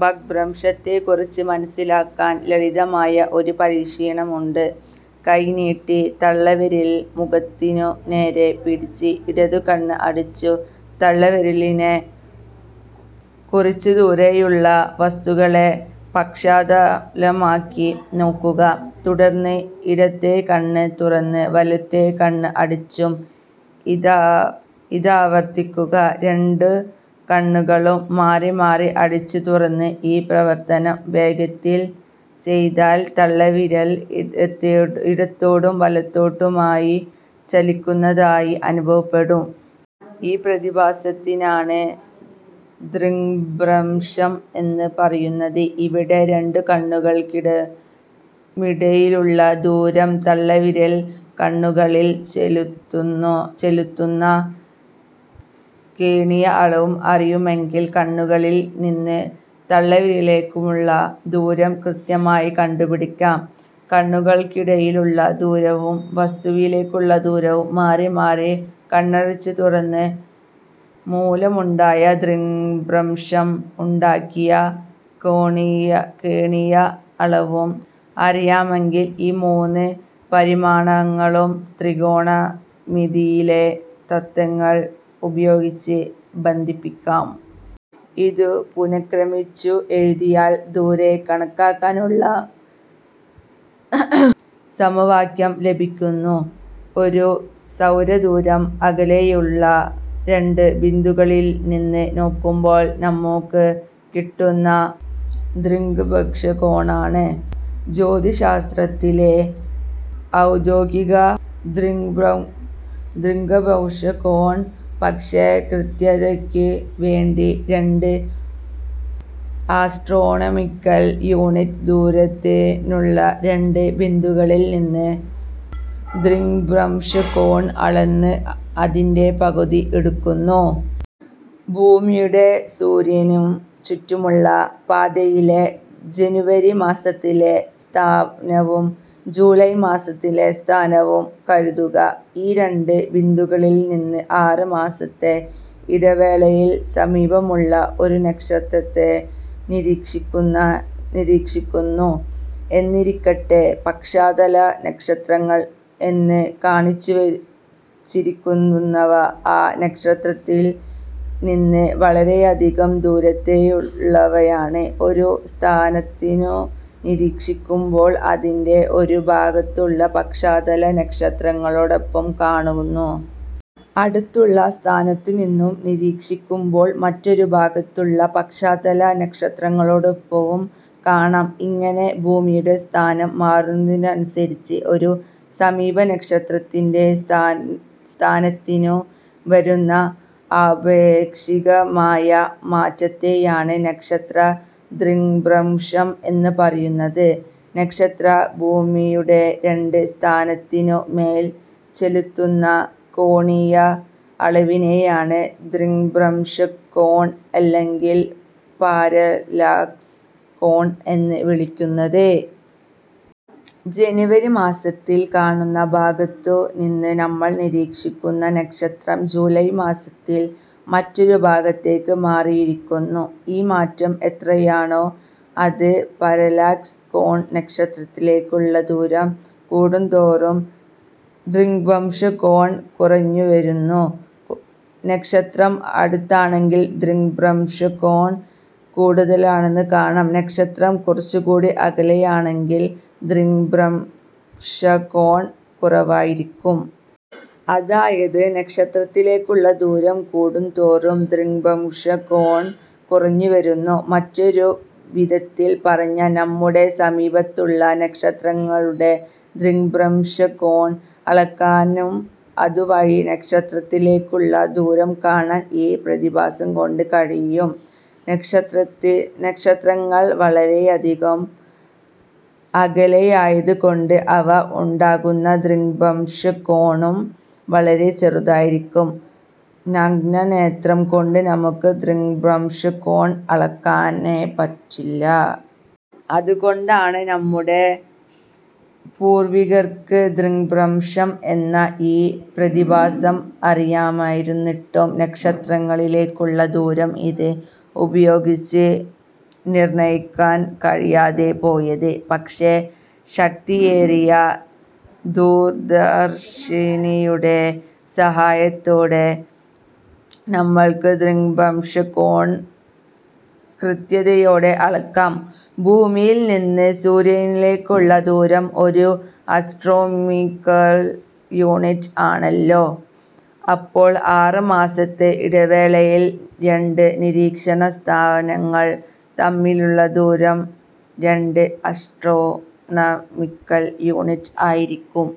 ദൃഗ്ഭ്രംശത്തെക്കുറിച്ച് മനസ്സിലാക്കാൻ ലളിതമായ ഒരു പരീക്ഷണമുണ്ട്. കൈ നീട്ടി തള്ളവിരൽ മുഖത്തിനു നേരെ പിടിച്ച് ഇടത്തേ കണ്ണ് അടച്ച് തള്ളവിരലിനെ കുറച്ചുദൂരെയുള്ള വസ്തുക്കളെ പശ്ചാത്തലമാക്കി നോക്കുക. തുടർന്ന് ഇടത്തേ കണ്ണ് തുറന്ന് വലത്തേ കണ്ണ് അടച്ചും ഇതാവർത്തിക്കുക. രണ്ടു കണ്ണുകളും മാറി മാറി അടച്ചു തുറന്ന് ഈ പ്രവർത്തനം വേഗത്തിൽ ചെയ്താൽ തള്ളവിരൽ ഇടത്തോട്ടും വലത്തോട്ടുമായി ചലിക്കുന്നതായി അനുഭവപ്പെടും. ഈ പ്രതിഭാസത്തിനാണ് ദൃഗ്ഭ്രംശം എന്ന് പറയുന്നത്. ഇവിടെ, രണ്ടു കണ്ണുകൾക്കുമിടയിലുള്ള ദൂരവും തള്ളവിരൽ കണ്ണുകളിൽ ചെലുത്തുന്ന ചെലുത്തുന്ന കോണീയ അളവും അറിയാമെങ്കിൽ കണ്ണുകളിൽ നിന്ന് തള്ളവിരലിലേക്കുള്ള ദൂരം കൃത്യമായി കണ്ടുപിടിക്കാം. കണ്ണുകൾക്കിടയിലുള്ള ദൂരവും, വസ്തുവിലേക്കുള്ള ദൂരവും, മാറി മാറി കണ്ണടച്ചു തുറന്നത് മൂലമുണ്ടായ ദൃഗ്ഭ്രംശം ഉണ്ടാക്കിയ കോണീയ അളവും അറിയാമെങ്കിൽ, ഈ മൂന്ന് പരിമാണങ്ങളും ത്രികോണമിതിയിലെ തത്ത്വങ്ങൾ ഉപയോഗിച്ച് ബന്ധിപ്പിക്കാം. ഇതു പുനഃക്രമീകരിച്ച് എഴുതിയാൽ ദൂരം കണക്കാക്കാനുള്ള സമവാക്യം ലഭിക്കുന്നു. ഒരു സൗരദൂരം അകലെയുള്ള രണ്ട് ബിന്ദുക്കളിൽ നിന്ന് നോക്കുമ്പോൾ നമുക്ക് കിട്ടുന്ന ദൃഗ്ഭ്രംശകോണാണ് ജ്യോതിശാസ്ത്രത്തിലെ ഔദ്യോഗിക ദൃഗ്ഭ്രംശകോൺ. പക്ഷേ കൃത്യതയ്ക്ക് വേണ്ടി രണ്ട് ആസ്ട്രോണമിക്കൽ യൂണിറ്റ് ദൂരത്തുനിന്നുള്ള രണ്ട് ബിന്ദുക്കളിൽ നിന്ന് ദൃഗ്ഭ്രംശകോൺ അളന്ന് അതിൻ്റെ പകുതി എടുക്കുന്നു. ഭൂമിയുടെ സൂര്യനു ചുറ്റുമുള്ള പാതയിലെ ജനുവരി മാസത്തിലെ സ്ഥാനവും ജൂലൈ മാസത്തിലെ സ്ഥാനവും കരുതുക. ഈ രണ്ട് ബിന്ദുക്കളിൽ നിന്ന് ആറ് മാസത്തെ ഇടവേളയിൽ സമീപമുള്ള ഒരു നക്ഷത്രത്തെ നിരീക്ഷിക്കുന്നു എന്നിരിക്കട്ടെ. പശ്ചാത്തല നക്ഷത്രങ്ങൾ എന്ന് കാണിച്ചിരിക്കുന്നവ ആ നക്ഷത്രത്തിൽ നിന്ന് വളരെയധികം ദൂരത്തുള്ളവയാണ്. ഒരു സ്ഥാനത്തുനിന്ന് നിരീക്ഷിക്കുമ്പോൾ അതിനെ ഒരു ഭാഗത്തുള്ള പശ്ചാത്തല നക്ഷത്രങ്ങളോടൊപ്പം കാണുന്നു. അടുത്ത സ്ഥാനത്തുനിന്ന് നിരീക്ഷിക്കുമ്പോൾ മറ്റൊരു ഭാഗത്തുള്ള പശ്ചാത്തല നക്ഷത്രങ്ങളോടൊപ്പവും കാണാം. ഇങ്ങനെ ഭൂമിയുടെ സ്ഥാനം മാറുന്നതിനനുസരിച്ച് ഒരു സമീപ നക്ഷത്രത്തിൻ്റെ സ്ഥാനത്തിനു വരുന്ന ആപേക്ഷികമായ മാറ്റത്തെയാണ് നക്ഷത്ര ദൃഗ്ഭ്രംശം എന്ന് പറയുന്നത്. നക്ഷത്രം ഭൂമിയുടെ രണ്ട് സ്ഥാനത്തിനും മേൽ ചെലുത്തുന്ന കോണീയ അളവിനെയാണ് ദൃഗ്ഭ്രംശകോൺ അല്ലെങ്കിൽ പാരലാക്സ് കോൺ എന്ന് വിളിക്കുന്നത്. ജനുവരി മാസത്തിൽ കാണുന്ന ഭാഗത്തു നിന്ന് നമ്മൾ നിരീക്ഷിക്കുന്ന നക്ഷത്രം ജൂലൈ മാസത്തിൽ മറ്റൊരു ഭാഗത്തേക്ക് മാറിയിരിക്കുന്നു. ഈ മാറ്റം എത്രയാണോ അതാണ് പാരലാക്സ് കോൺ. നക്ഷത്രത്തിലേക്കുള്ള ദൂരം കൂടുംതോറും ദൃഗ്ഭ്രംശകോൺ കുറഞ്ഞുവരും. നക്ഷത്രം അടുത്താണെങ്കിൽ ദൃഗ്ഭ്രംശകോൺ കൂടുതലാണെന്ന് കാണാം. നക്ഷത്രം കുറച്ചുകൂടി അകലെയാണെങ്കിൽ ദൃഗ്ഭ്രംശകോൺ കുറവായിരിക്കും. അതായത് നക്ഷത്രത്തിലേക്കുള്ള ദൂരം കൂടും തോറും ദൃഗ്ഭ്രംശകോൺ കുറഞ്ഞു വരുന്നു. മറ്റൊരു വിധത്തിൽ പറഞ്ഞാൽ നമ്മുടെ സമീപത്തുള്ള നക്ഷത്രങ്ങളുടെ ദൃഗ്ഭ്രംശകോൺ അളക്കാനും അതുവഴി നക്ഷത്രത്തിലേക്കുള്ള ദൂരവും കാണാൻ ഈ പ്രതിഭാസം കൊണ്ട് കഴിയും. നക്ഷത്രങ്ങൾ വളരെയധികം അകലെയായതുകൊണ്ട് അവ ഉണ്ടാക്കുന്ന ദൃഗ്ഭ്രംശകോണും വളരെ ചെറുതായിരിക്കും. നഗ്നനേത്രം കൊണ്ട് നമുക്ക് ദൃഗ്ഭ്രംശകോൺ അളക്കാനേ പറ്റില്ല. അതുകൊണ്ടാണ് നമ്മുടെ പൂർവ്വികർക്ക് ദൃഗ്ഭ്രംശം എന്ന ഈ പ്രതിഭാസം അറിയാമായിരുന്നിട്ടും നക്ഷത്രങ്ങളിലേക്കുള്ള ദൂരം ഇത് ഉപയോഗിച്ച് നിർണ്ണയിക്കാൻ കഴിയാതെ പോയത്. പക്ഷേ ശക്തിയേറിയ ദൂരദർശിനിയുടെ സഹായത്തോടെ നമ്മൾക്ക് ദൃഗ്ഭ്രംശകോൺ കൃത്യതയോടെ അളക്കാം. ഭൂമിയിൽ നിന്ന് സൂര്യനിലേക്കുള്ള ദൂരം ഒരു ആസ്ട്രോണമിക്കൽ യൂണിറ്റ് ആണല്ലോ? അപ്പോൾ ആറ് മാസത്തെ ഇടവേളയിൽ രണ്ട് നിരീക്ഷണ സ്ഥാനങ്ങൾ തമ്മിലുള്ള ദൂരം രണ്ട് ആസ്ട്രോണമിക്കൽ യൂണിറ്റ് ആയിരിക്കും.